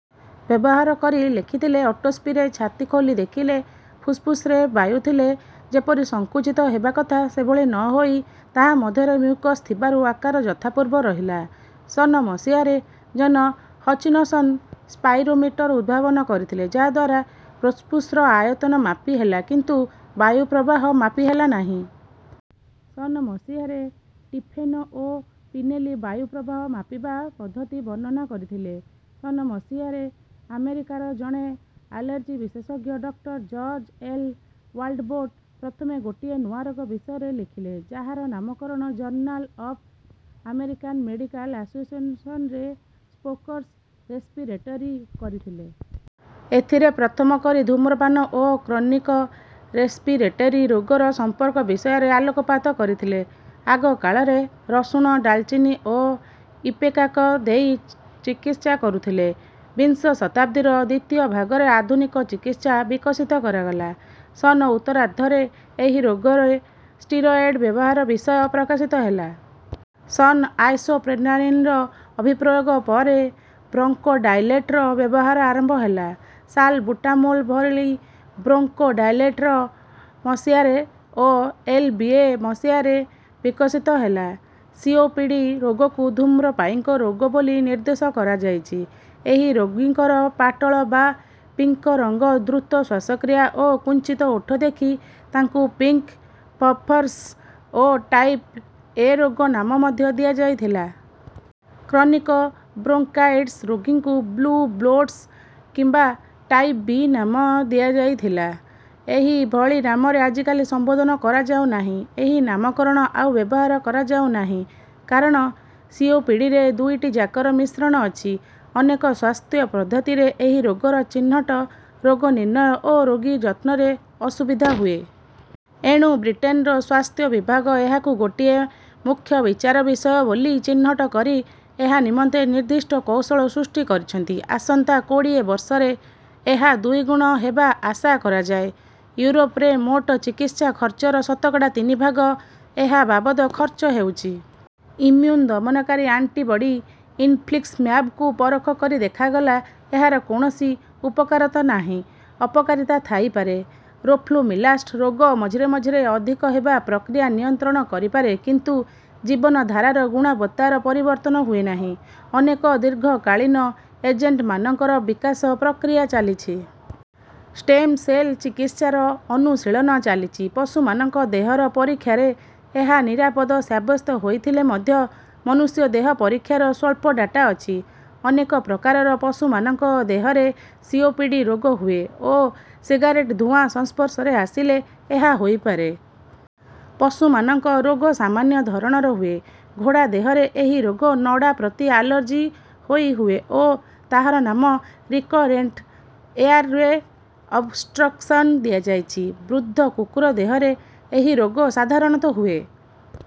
ବ୍ୟବହାର କରି ଲେଖିଥିଲେ ଅଟୋପ୍ସିରେ ଛାତି ଖୋଲି ଦେଖିଲେ ଫୁସଫୁସରେ ବାୟୁ ଥିଲେ ଯେପରି ସଙ୍କୁଚିତ ହେବା କଥା ସେଭଳି ନ ହୋଇ ତାହା ମଧ୍ୟରେ ମ୍ୟୁକସ ଥିବାରୁ ଆକାର ଯଥାପୂର୍ବ ରହିଲା। ସନ ମସିହାରେ ଜନ ହଚିନସନ ସ୍ପାଇରୋମିଟର ଉଦ୍ଭାବନ କରିଥିଲେ ଯାହାଦ୍ୱାରା ଫୁସଫୁସର ଆୟତନ ମାପି ହେଲା କିନ୍ତୁ ବାୟୁପ୍ରବାହ ମାପି ହେଲା ନାହିଁ। ସନ ମସିହାରେ ଟିଫେନୋ ଓ ପିନେଲି ବାୟୁ ପ୍ରବାହ ମାପିବା ପଦ୍ଧତି ବର୍ଣ୍ଣନା କରିଥିଲେ। ସନ ମସିହାରେ ଆମେରିକାର ଜଣେ ଆଲର୍ଜି ବିଶେଷଜ୍ଞ ଡକ୍ଟର ଜର୍ଜ ଏଲ ୱାଲ୍ଡବୋଟ ପ୍ରଥମେ ଗୋଟିଏ ନୂଆ ରୋଗ ବିଷୟରେ ଲେଖିଲେ ଯାହାର ନାମକରଣ ଜର୍ନାଲ ଅଫ ଆମେରିକାନ ମେଡିକାଲ ଆସୋସିଏସନରେ ସ୍ମୋକର୍ସ ରେସ୍ପିରେଟରୀ କରିଥିଲେ। ଏଥିରେ ପ୍ରଥମ କରି ଧୂମ୍ରପାନ ଓ କ୍ରନିକ ରେସପିରେଟରୀ ରୋଗର ସମ୍ପର୍କ ବିଷୟରେ ଆଲୋକପାତ କରିଥିଲେ। ଆଗ କାଳରେ ରସୁଣ ଡାଲଚିନି ଓ ଇପେକାକ ଦେଇ ଚିକିତ୍ସା କରୁଥିଲେ। ବିଂଶ ଶତାବ୍ଦୀର ଦ୍ୱିତୀୟ ଭାଗରେ ଆଧୁନିକ ଚିକିତ୍ସା ବିକଶିତ କରାଗଲା। ସନ ଉତ୍ତରାର୍ଦ୍ଧରେ ଏହି ରୋଗରେ ଷ୍ଟିରଏଡ ବ୍ୟବହାର ବିଷୟ ପ୍ରକାଶିତ ହେଲା। ସନ ଆଇସୋପ୍ରେନାଲିନର ଅଭିପ୍ରଯୋଗ ପରେ ବ୍ରଙ୍କୋଡାଇଲେଟର ବ୍ୟବହାର ଆରମ୍ଭ ହେଲା। ସାଲବୁଟାମୋଲ ଭଳି ବ୍ରଙ୍କୋଡାଇଲେଟର ମସିହାରେ ଓ ଏଲଏବିଏ ମସିହାରେ ବିକଶିତ ହେଲା। ସିଓପିଡି ରୋଗକୁ ଧୂମ୍ରପାୟୀଙ୍କ ରୋଗ ବୋଲି ନିର୍ଦ୍ଦେଶ କରାଯାଇଛି। ଏହି ରୋଗୀଙ୍କର ପାଟଳ ବା ପିଙ୍କ ରଙ୍ଗ ଦ୍ରୁତ ଶ୍ୱାସକ୍ରିୟା ଓ କୁଞ୍ଚିତ ଓଠ ଦେଖି ତାଙ୍କୁ ପିଙ୍କ ପଫର୍ସ ଓ ଟାଇପ ଏ ରୋଗ ନାମ ମଧ୍ୟ ଦିଆଯାଇଥିଲା। କ୍ରନିକ ବ୍ରୋଙ୍କାଇଟିସ ରୋଗୀଙ୍କୁ ବ୍ଲୁ ବ୍ଲୋଟର୍ସ କିମ୍ବା ଟାଇପ ବି ନାମ ଦିଆଯାଇଥିଲା। ଏହି ଭଳି ନାମରେ ଆଜିକାଲି ସମ୍ବୋଧନ କରାଯାଉ ନାହିଁ। ଏହି ନାମକରଣ ଆଉ ବ୍ୟବହାର କରାଯାଉ ନାହିଁ କାରଣ ସିଓପିଡିରେ ଦୁଇଟି ଯାକର ମିଶ୍ରଣ ଅଛି। ଅନେକ ସ୍ୱାସ୍ଥ୍ୟ ପଦ୍ଧତିରେ ଏହି ରୋଗର ଚିହ୍ନଟ ରୋଗ ନିର୍ଣ୍ଣୟ ଓ ରୋଗୀ ଯତ୍ନରେ ଅସୁବିଧା ହୁଏ। ଏଣୁ ବ୍ରିଟେନର ସ୍ୱାସ୍ଥ୍ୟ ବିଭାଗ ଏହାକୁ ଗୋଟିଏ ମୁଖ୍ୟ ବିଚାର ବିଷୟ ବୋଲି ଚିହ୍ନଟ କରି ଏହା ନିମନ୍ତେ ନିର୍ଦ୍ଦିଷ୍ଟ କୌଶଳ ସୃଷ୍ଟି କରିଛନ୍ତି। ଆସନ୍ତା କୋଡ଼ିଏ ବର୍ଷରେ ଏହା ଦୁଇ ଗୁଣ ହେବା ଆଶା କରାଯାଏ। ୟୁରୋପରେ ମୋଟ ଚିକିତ୍ସା ଖର୍ଚ୍ଚର ଶତକଡ଼ା ତିନି ଭାଗ ଏହା ବାବଦ ଖର୍ଚ୍ଚ ହେଉଛି। ଇମ୍ୟୁନ ଦମନକାରୀ ଆଣ୍ଟିବଡି ଇନଫ୍ଲିକ୍ସିମ୍ୟାବକୁ ପରଖ କରି ଦେଖାଗଲା ଏହାର କୌଣସି ଉପକାରିତା ନାହିଁ ଅପକାରିତା ଥାଇପାରେ। ରୋଫ୍ଲୁମିଲାଷ୍ଟ ରୋଗ ମଝିରେ ମଝିରେ ଅଧିକ ହେବା ପ୍ରକ୍ରିୟା ନିୟନ୍ତ୍ରଣ କରିପାରେ କିନ୍ତୁ ଜୀବନଧାରାର ଗୁଣବତ୍ତାର ପରିବର୍ତ୍ତନ ହୁଏ ନାହିଁ। ଅନେକ ଦୀର୍ଘକାଳୀନ ଏଜେଣ୍ଟମାନଙ୍କର ବିକାଶ ପ୍ରକ୍ରିୟା ଚାଲିଛି। ଷ୍ଟେମ ସେଲ ଚିକିତ୍ସାର ଅନୁଶୀଳନ ଚାଲିଛି। ପଶୁମାନଙ୍କ ଦେହର ପରୀକ୍ଷାରେ ଏହା ନିରାପଦ ସାବ୍ୟସ୍ତ ହୋଇଥିଲେ ମଧ୍ୟ ମନୁଷ୍ୟ ଦେହ ପରୀକ୍ଷାର ସ୍ୱଳ୍ପ ଡାଟା ଅଛି। ଅନେକ ପ୍ରକାରର ପଶୁମାନଙ୍କ ଦେହରେ ସିଓପିଡି ରୋଗ ହୁଏ ଓ ସିଗାରେଟ ଧୂଆଁ ସଂସ୍ପର୍ଶରେ ଆସିଲେ ଏହା ହୋଇପାରେ। ପଶୁମାନଙ୍କ ରୋଗ ସାମାନ୍ୟ ଧରଣର ହୁଏ। ଘୋଡ଼ା ଦେହରେ ଏହି ରୋଗ ନଡ଼ା ପ୍ରତି ଆଲର୍ଜି ହୋଇ ହୁଏ ଓ ତାହାର ନାମ ରିକରେଣ୍ଟ ଏୟାରୱେ ଅବଷ୍ଟ୍ରକସନ ଦିଆଯାଇଛି। ବୃଦ୍ଧ କୁକୁର ଦେହରେ ଏହି ରୋଗ ସାଧାରଣତଃ ହୁଏ।